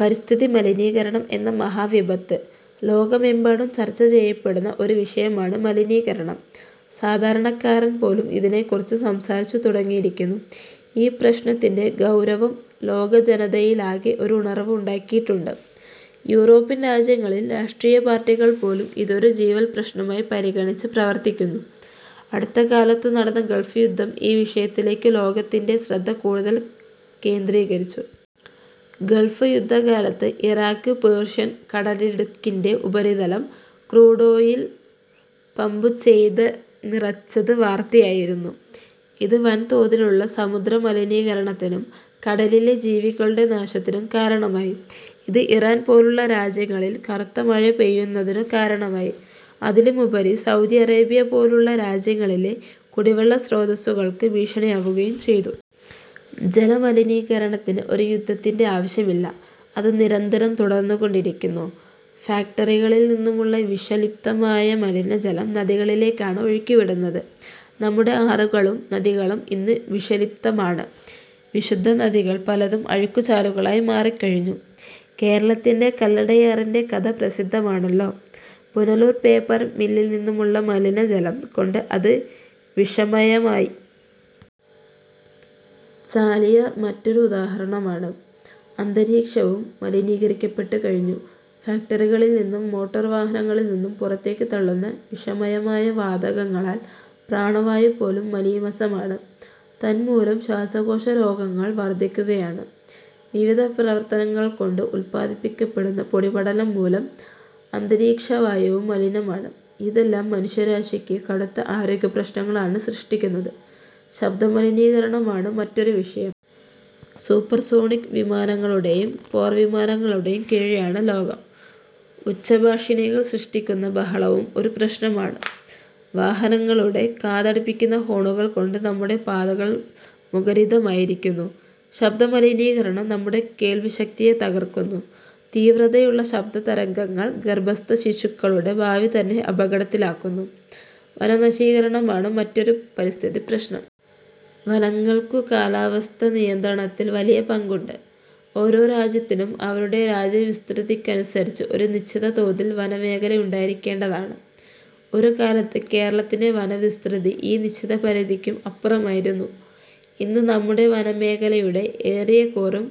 പരിസ്ഥിതി മലിനീകരണം എന്ന മഹാവിപത്ത്: ലോകമെമ്പാടും ചർച്ചചെയ്യപ്പെടുന്ന ഒരു വിഷയമാണ് മലിനീകരണം. സാധാരണക്കാരൻപോലും ഇതിനെക്കുറിച്ച് സംസാരിച്ചു തുടങ്ങിയി രിക്കുന്നു. ഈ പ്രശ്നത്തിന്റെ ഗൗരവം ലോകജനതയിലാകെ ഒരു ഉണർവ്വ് ഉണ്ടാക്കിയിട്ടുണ്ട്. യൂറോപ്യൻ രാജ്യങ്ങളിൽ രാഷ്ട്രീയപാർട്ടി കൾപോലും ഇതൊരു ജീവൽപ്രശ്നമായി പരിഗണിച്ച് പ്രവർത്തിക്കുന്നു. അടുത്തകാലത്തു നടന്ന ഗൾഫ് യുദ്ധം ഈ വിഷയത്തിലേക്കു ലോക ത്തിന്റെ ശ്രദ്ധ കൂടുതൽ കേന്ദ്രീകരിച്ചു. ഗൾഫ് യുദ്ധകാലത്ത് ഇറാക്ക് പേർഷ്യൻ കടലിടുക്കിന്റെ ഉപരിതലം ക്രൂഡോയിൽ പമ്പു ചെയ്ത നിറച്ചത് വാർത്തയായിരുന്നു. ഇത് വൻതോതിലുള്ള സമുദ്ര മലിനീക രണത്തിനും കടലിലെ ജീവികളുടെ നാശത്തിനും കാരണമായി. ഇത് ഇറാൻപോലുള്ള രാജ്യങ്ങളിൽ കറുത്തമഴ പെയ്യുന്നതിനു കാരണമായി. അതിലുമുപരി സൗദി അറേബ്യപോലുള്ള രാജ്യങ്ങളിലെ കുടിവെള്ള സ്രോതസ്സുകൾക്കു ഭീഷണിയാവുകയും ചെയ്തു. ജലമലിനീകരണത്തിന് ഒരു യുദ്ധത്തിന്റെ ആവശ്യമില്ല. അത് നിരന്തരം തുടർന്നുകൊണ്ടിരിക്കുന്നു. ഫാക്ടറികളിൽനിന്നുമുള്ള വിഷ ലിപ്തമായ മലിനജലം നദികളിലേക്കാണ് ഒഴുക്കിവിടുന്നത്. നമ്മുടെ ആറുകളും നദികളും ഇന്ന് വിഷലിപ്തമാണ്. വിശുദ്ധനദികൾ പലതും അഴുക്കുചാലുകളായി മാറിക്കഴിഞ്ഞു. കേരളത്തിലെ കല്ലടയാറിന്റെ കഥ പ്രസിദ്ധമാണല്ലോ. പുനലൂർ പേപ്പർ മില്ലിൽനിന്നുമുള്ള മലിനജലം കൊണ്ട് അത് വിഷമയമായി. ചാലിയാർ മറ്റൊരു ഉദാഹരണമാണ്. അന്തരീക്ഷവും മലിനീകരിക്കപ്പെട്ടുകഴിഞ്ഞു. ഫാക്ടറികളിൽ നിന്നും മോട്ടോർ വാഹനങ്ങളിൽനിന്നും പുറത്തേക്കു തള്ളുന്ന വിഷ മയമായ വാതകങ്ങളാൽ പ്രാണവായുപോലും മലീമസമാണ്. തന്മൂലം ശ്വാസകോശരോഗങ്ങൾ വർധിക്കുകയാണ്. വിവിധ പ്രവർത്തനങ്ങൾ കൊണ്ട് ഉത്പാദിപ്പിക്കപ്പെടുന്ന പൊടിപടലംമൂലം അന്തരീക്ഷവായുവും മലിനമാണ്. ഇതെല്ലാം മുനഷ്യരാശിക്കു കടുത്ത ആരോഗ്യപ്രശ്നങ്ങ ളാണ് സൃഷ്ടിക്കുന്നത്. ശബ്ദമലിനീകരണമാണ് മറ്റൊരു വിഷയം. സൂപ്പർസോണിക് വിമാ നങ്ങളുടെയും പോർവിമാനങ്ങളുടെ കീഴെയാണ് ലോകം. ഉച്ചഭാഷി ണികൾ സൃഷ്ടിക്കുന്ന ബഹളവും ഒരു പ്രശ്നമാണ്. വാഹനങ്ങളുടെ കാതടപ്പിക്കുന്ന ഹോണുകൾകൊണ്ടു നമ്മുടെ പാതകൾ മുഖരിതമാ യിരിക്കുന്നു. ശബ്ദമലിനീകരണം നമ്മുടെ കേൾവിശക്തിയെ തകർ ക്കുന്നു. തീവ്രതയുള്ള ശബ്ദതരംഗങ്ങൾ ഗർഭസ്ഥശിശുക്കളുടെ ഭാവി തന്നെ അപകടത്തിലാക്കുന്നു. വനനശീകരണമാണ് മറ്റൊരു പരിസ്ഥിതിപ്രശ്നം. വനങ്ങൾക്കു കാലാവസ്ഥാനിയന്ത്രണത്തിൽ വലിയ പങ്കുണ്ട്. ഓരോ രാജ്യത്തിനും അവരുടെ രാജ്യവിസ്തൃതിക്കനുസരിച്ച് ഒരു നിശ്ചിതതോതിൽ വന മേഖലയുണ്ടായിരിക്കേണ്ടതാണ്. ഒരുകാലത്ത് കേരളത്തിന്റെ വന വിസ്തൃതി ഈ നിശ്ചിതപരിധിക്കും അപ്പുറമായിരുന്നു. ഇന്നു നമ്മുടെ വനമേഖലയുടെ ഏറിയകൂറും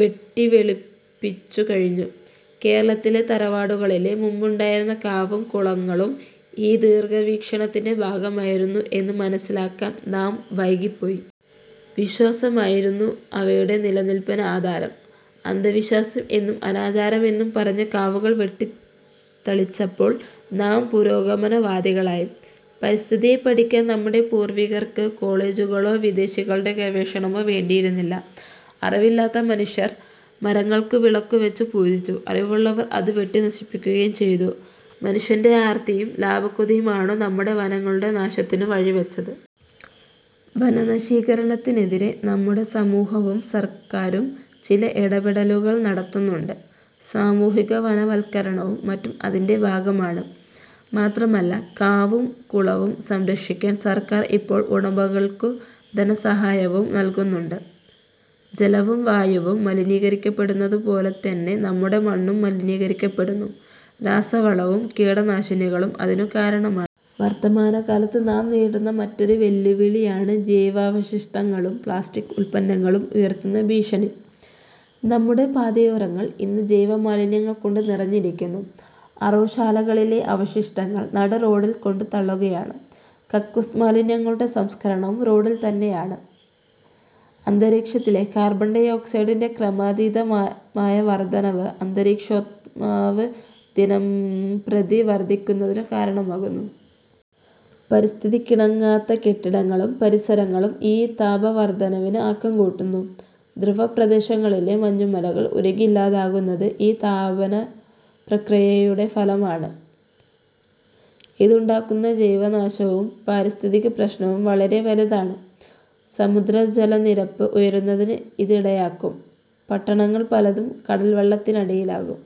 വെട്ടിവെളിപ്പിച്ചു കഴിഞ്ഞു. കേരളത്തിലെ തറവാടുകളിലെ മുമ്പുണ്ടായിരുന്ന കാവും കുളങ്ങളും ഈ ദീർഘവീക്ഷ ണത്തിന്റെ ഭാഗമായിരുന്നു എന്നു മനസ്സിലാക്കാൻ നാം വൈകി പ്പോയി. വിശ്വാസമായിരുന്നു അവയുടെ നിലനില്പിന് ആധാരം. അന്ധ വിശ്വാസം എന്നും അനാചാരമെന്നും പറഞ്ഞ് കാവുകൾ വെട്ടിത്ത ളിച്ചപ്പോൾ നാം പുരോഗമനവാദികളായി. പരിസ്ഥിതിയെ പഠിക്കാൻ നമ്മുടെ പൂർവികർക്കു കോളജുകളോ വിദേശികളുടെ ഗവേഷണമോ വേണ്ടിയിരുന്നില്ല. അറിവില്ലാത്ത മനുഷ്യർ മരങ്ങൾക്കു വിളക്കുവച്ചു പൂജിച്ചു. അറിവുള്ളവർ അതു വെട്ടിനശിപ്പിക്കുകയും ചെയ്തു. മനു ഷ്യന്റെ ആർത്തിയും ലാഭക്കൊതിയുമാണ് നമ്മുടെ വനങ്ങളുടെ നാശത്തിനു വഴിവച്ചത്. വനനശീകരണത്തിന് എതിരേ നമ്മുടെ സമൂ ഹവും സർക്കാരും ചില ഇടപെടലുകൾ നടത്തുന്നുണ്ട്. സാമൂഹിക വനവൽക്കരണവും മറ്റും അതിന്റെ ഭാഗമാണ്. മാത്രമല്ല, കാവും കുള വും സംരക്ഷിക്കാൻ സർക്കാർ ഇപ്പോൾ ഉടമകൾക്കു ധനസഹായവും നല്കുന്നുണ്ട്. ജലവും വായുവും മലിനീകരിക്കപ്പെടുന്നതുപോലെതന്നെ നമ്മുടെ മണ്ണും മലിനീകരിക്കപ്പെടുന്നു. രാസവളവും കീടനാശിനികളും അതിനു കാരണമാണ്. വർത്തമാനകാലത്ത് നാം നേരിടുന്ന മറ്റൊരു വെല്ലുവി ളിയാണ് ജൈവാവശിഷ്ടങ്ങളും പ്ലാസ്റ്റിക് ഉത്പന്നങ്ങളും ഉയർത്തുന്ന ഭീഷണി. നമ്മുടെ പാതയോരങ്ങൾ ഇന്നു ജൈവമാലിന്യങ്ങൾകൊണ്ടു നിറഞ്ഞിരിക്കുന്നു. അറവുശാലകളിലെ അവശിഷ്ടങ്ങൾ നടുറോഡിൽ കൊണ്ടുത്തള്ളുകയാണ്. കക്കൂസ് മാലിന്യങ്ങളുടെ സംസ്കരണവും റോഡിൽതന്നെയാണ്. അന്തരീക്ഷത്തിലെ കാർബൺ ഡൈ ഓക്സൈഡിന്റെ ക്രമാതീത മായ വർദ്ധനവ് അന്തരീക്ഷോഷ്മാവ് ദിനംപ്രതി വർദ്ധിക്കുന്നതിനു കാരണമാകുന്നു. പരിസ്ഥിതിക്കിണങ്ങാത്ത കെട്ടിടങ്ങളും പരിസര ങ്ങളും ഈ താപവർദ്ധനവിന് ആക്കം കൂട്ടുന്നു. ധ്രുവപ്രദേശങ്ങളിലെ മഞ്ഞുമലകൾ ഉരുകിയില്ലാതാകുന്നത് ഈ താപനപ്രക്രിയയുടെ ഫല മാണ്. ഇത് ഉണ്ടാക്കുന്ന ജൈവനാശവും പാരിസ്ഥിതികപ്രശ്നവും വളരെ വലുതാണ്. സമുദ്രജലനിരപ്പ് ഉയരുന്നതിന് ഇത് ഇടയാക്കും. പട്ടണങ്ങൾ പലതും കടൽവെള്ളത്തിനടിയിലാകും.